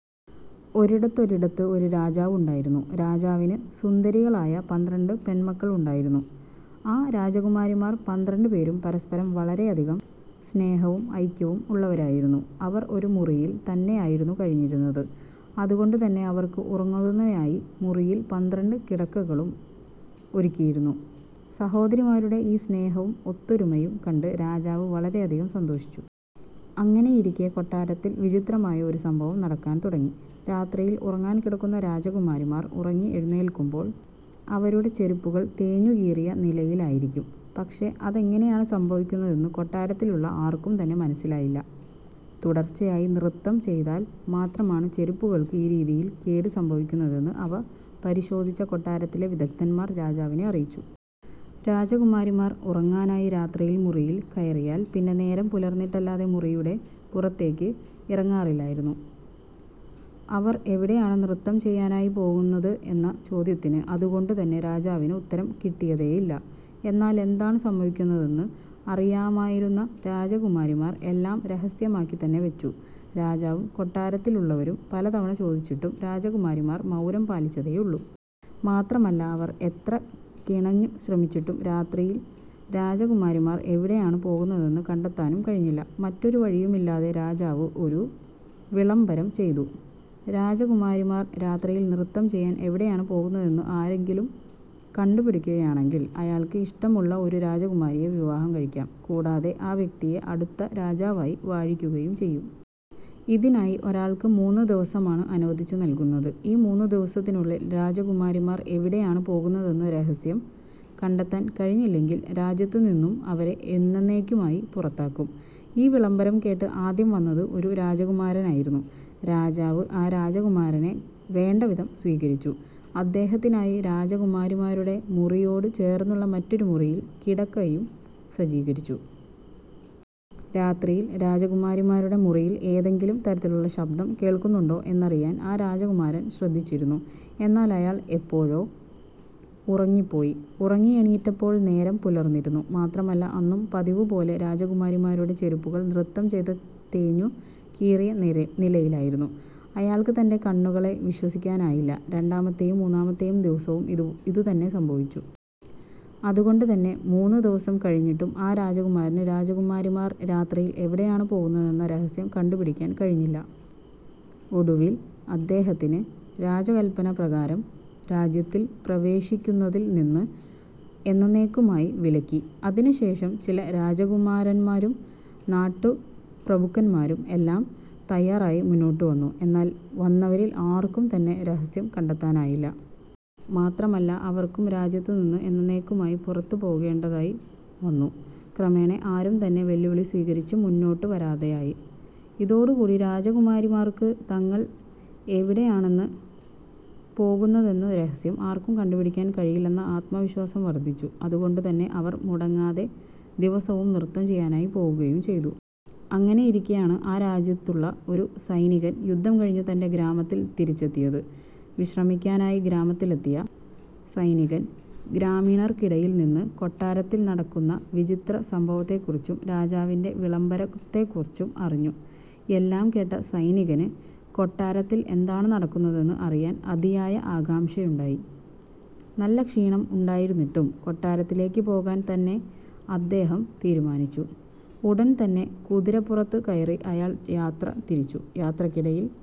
ഒരിടത്തൊരിടത്ത് ഒരു രാജാവുണ്ടായിരുന്നു. രാജാവിന് സുന്ദരികളായ പന്ത്രണ്ട് പെൺമക്കൾ ഉണ്ടായിരുന്നു. ആ രാജകുമാരിമാർ പന്ത്രണ്ട് പേരും പരസ്പരം വളരെയധികം സ്നേഹവും ഐക്യവും ഉള്ളവരായിരുന്നു. അവർ ഒരു മുറിയിൽ തന്നെയായിരുന്നു കഴിഞ്ഞിരുന്നത്. അതുകൊണ്ടു തന്നെ അവർക്ക് ഉറങ്ങുന്നതിനായി മുറിയിൽ പന്ത്രണ്ട് കിടക്കകളും ഒരുക്കിയിരുന്നു. സഹോദരിമാരുടെ ഈ സ്നേഹവും ഒത്തൊരുമയും കണ്ട് രാജാവ് വളരെയധികം സന്തോഷിച്ചു. അങ്ങനെയിരിക്കെ കൊട്ടാരത്തിൽ വിചിത്രമായ ഒരു സംഭവം നടക്കാൻ തുടങ്ങി. രാത്രിയിൽ ഉറങ്ങാൻ കിടക്കുന്ന രാജകുമാരിമാർ ഉറങ്ങി എഴുന്നേൽക്കുമ്പോൾ അവരുടെ ചെരുപ്പുകൾ തേഞ്ഞുകീറിയ നിലയിലായിരിക്കും. പക്ഷേ ഇതെങ്ങനെയാണ് സംഭവിക്കുന്നതെന്ന് കൊട്ടാരത്തിലുള്ള ആർക്കും തന്നെ മനസിലായില്ല. തുടർച്ചയായി നൃത്തം ചെയ്താൽ മാത്രമാണ് ചെരുപ്പുകൾക്ക് ഈ രീതിയിൽ കേട് സംഭവിക്കുന്നതെന്ന് അവ പരിശോധിച്ച കൊട്ടാരത്തിലെ വിദഗ്ധൻമാർ രാജാവിനെ അറിയിച്ചു. രാജകുമാരിമാർ ഉറങ്ങാനായി രാത്രിയിൽ മുറിയിൽ കയറിയാൽ പിന്നെ നേരം പുലർന്നിട്ടല്ലാതെ മുറിയുടെ പുറത്തേക്ക് ഇറങ്ങാറില്ലായിരുന്നു. അവർ എവിടെയാണ് നൃത്തം ചെയ്യാനായി പോകുന്നത് എന്ന ചോദ്യത്തിന് അതുകൊണ്ട് തന്നെ രാജാവിന് ഉത്തരം കിട്ടിയതേയില്ല. എന്നാൽ എന്താണ് സംഭവിക്കുന്നതെന്ന് അറിയാമായിരുന്ന രാജകുമാരിമാർ എല്ലാം രഹസ്യമാക്കി തന്നെ വച്ചു. രാജാവും കൊട്ടാരത്തിലുള്ളവരും പലതവണ ചോദിച്ചിട്ടും രാജകുമാരിമാർ മൗനം പാലിച്ചതേയുള്ളൂ. മാത്രമല്ല അവർ എത്ര കിണഞ്ഞു ശ്രമിച്ചിട്ടും രാത്രിയിൽ രാജകുമാരിമാർ എവിടെയാണ് പോകുന്നതെന്ന് കണ്ടെത്താനും കഴിഞ്ഞില്ല. മറ്റൊരു വഴിയുമില്ലാതെ രാജാവ് ഒരു വിളംബരം ചെയ്തു. "രാജകുമാരിമാർ രാത്രിയിൽ നൃത്തം ചെയ്യാൻ എവിടെയാണ് പോകുന്നതെന്ന് ആരെങ്കിലും കണ്ടു പിടിക്കുകയാണെങ്കിൽ അയാൾക്ക് ഇഷ്ടമുള്ള ഒരു രാജകുമാരിയെ വിവാഹം കഴിക്കാം. കൂടാതെ ആ വ്യക്തിയെ അടുത്ത രാജാവായി വാഴിക്കുകയും ചെയ്യും. ഇതിനായി ഒരാൾക്ക് മൂന്ന് ദിവസമാണ് അനുവദിച്ചു നൽകുന്നത്. ഈ മൂന്നു ദിവസത്തിനുള്ളിൽ രാജകുമാരിമാർ എവിടെയാണ് പോകുന്നതെന്ന് രഹസ്യം കണ്ടെത്താൻ കഴിഞ്ഞില്ലെങ്കിൽ രാജ്യത്തുനിന്നും അവരെ എന്നന്നേക്കുമായി പുറത്താക്കും. " ഈ വിളംബരം കേട്ട് ആദ്യം വന്നത് ഒരു രാജകുമാരനായിരുന്നു. രാജാവ് ആ രാജകുമാരനെ വേണ്ടവിധം സ്വീകരിച്ചു. അദ്ദേഹത്തിനായി രാജകുമാരിമാരുടെ മുറിയോട് ചേർന്നുള്ള മറ്റൊരു മുറിയിൽ കിടക്കയും സജ്ജീകരിച്ചു. രാത്രിയിൽ രാജകുമാരിമാരുടെ മുറിയിൽ ഏതെങ്കിലും തരത്തിലുള്ള ശബ്ദം കേൾക്കുന്നുണ്ടോ എന്നറിയാൻ ആ രാജകുമാരൻ ശ്രദ്ധിച്ചിരുന്നു. എന്നാൽ അയാൾ എപ്പോഴോ ഉറങ്ങിപ്പോയി. ഉറങ്ങിയെണീറ്റപ്പോൾ നേരം പുലർന്നിരുന്നു. മാത്രമല്ല അന്നും പതിവുപോലെ രാജകുമാരിമാരുടെ ചെരുപ്പുകൾ നൃത്തം ചെയ്ത് തേഞ്ഞു കീറിയ നിലയിലായിരുന്നു. അയാൾക്ക് തൻ്റെ കണ്ണുകളെ വിശ്വസിക്കാനായില്ല. രണ്ടാമത്തെയും മൂന്നാമത്തെയും ദിവസവും ഇതുതന്നെ സംഭവിച്ചു. അതുകൊണ്ട് തന്നെ മൂന്നു ദിവസം കഴിഞ്ഞിട്ടും ആ രാജകുമാരന് രാജകുമാരിമാർ രാത്രിയിൽ എവിടെയാണ് പോകുന്നതെന്ന രഹസ്യം കണ്ടുപിടിക്കാൻ കഴിഞ്ഞില്ല. ഒടുവിൽ അദ്ദേഹത്തിനെ രാജകല്പന പ്രകാരം രാജ്യത്തിൽ പ്രവേശിക്കുന്നതിൽ നിന്ന് എന്നന്നേക്കുമായി വിലക്കി. അതിനു ശേഷം ചില രാജകുമാരൻമാരും നാട്ടുപ്രഭുക്കന്മാരും എല്ലാം തയ്യാറായി മുന്നോട്ടു വന്നു. എന്നാൽ വന്നവരിൽ ആർക്കും തന്നെ രഹസ്യം കണ്ടെത്താനായില്ല. മാത്രമല്ല അവർക്കും രാജ്യത്ത് നിന്നു എന്നെന്നേക്കുമായി പുറത്തു പോകേണ്ടതായും വന്നു. ക്രമേണ ആരും തന്നെ വെല്ലുവിളി സ്വീകരിച്ച് മുന്നോട്ടു വരാതെ ആയി. ഇതോടുകൂടി രാജകുമാരിമാർക്ക് തങ്ങൾ എവിടെയാണെന്ന് പോകുന്നതെന്ന രഹസ്യം ആർക്കും കണ്ടുപിടിക്കാൻ കഴിയില്ലെന്ന ആത്മവിശ്വാസം വർദ്ധിച്ചു. അതുകൊണ്ടുതന്നെ അവർ മുടങ്ങാതെ ദിവസവും നൃത്തം ചെയ്യാനായി പോകുകയും ചെയ്തു. അങ്ങനെയിരിക്കെയാണ് ആ രാജ്യത്തുള്ള ഒരു സൈനികൻ യുദ്ധം കഴിഞ്ഞ് തൻ്റെ ഗ്രാമത്തിൽ തിരിച്ചെത്തിയത്. വിശ്രമിക്കാനായി ഗ്രാമത്തിലെത്തിയ സൈനികൻ ഗ്രാമീണർക്കിടയിൽ നിന്ന് കൊട്ടാരത്തിൽ നടക്കുന്ന വിചിത്രസംഭവത്തെക്കുറിച്ചും രാജാവിൻ്റെ വിളംബരത്തെക്കുറിച്ചും അറിഞ്ഞു. എല്ലാം കേട്ട സൈനികന് കൊട്ടാരത്തിൽ എന്താണ് നടക്കുന്നതെന്ന് അറിയാൻ അതിയായ ആകാംക്ഷയുണ്ടായി. നല്ല ക്ഷീണം ഉണ്ടായിരുന്നിട്ടും കൊട്ടാരത്തിലേക്ക് പോകാൻ തന്നെ അദ്ദേഹം തീരുമാനിച്ചു. ഉടൻതന്നെ കുതിരപ്പുറത്തു കയറി അയാൾ യാത്ര തിരിച്ചു. യാത്രക്കിടയിൽ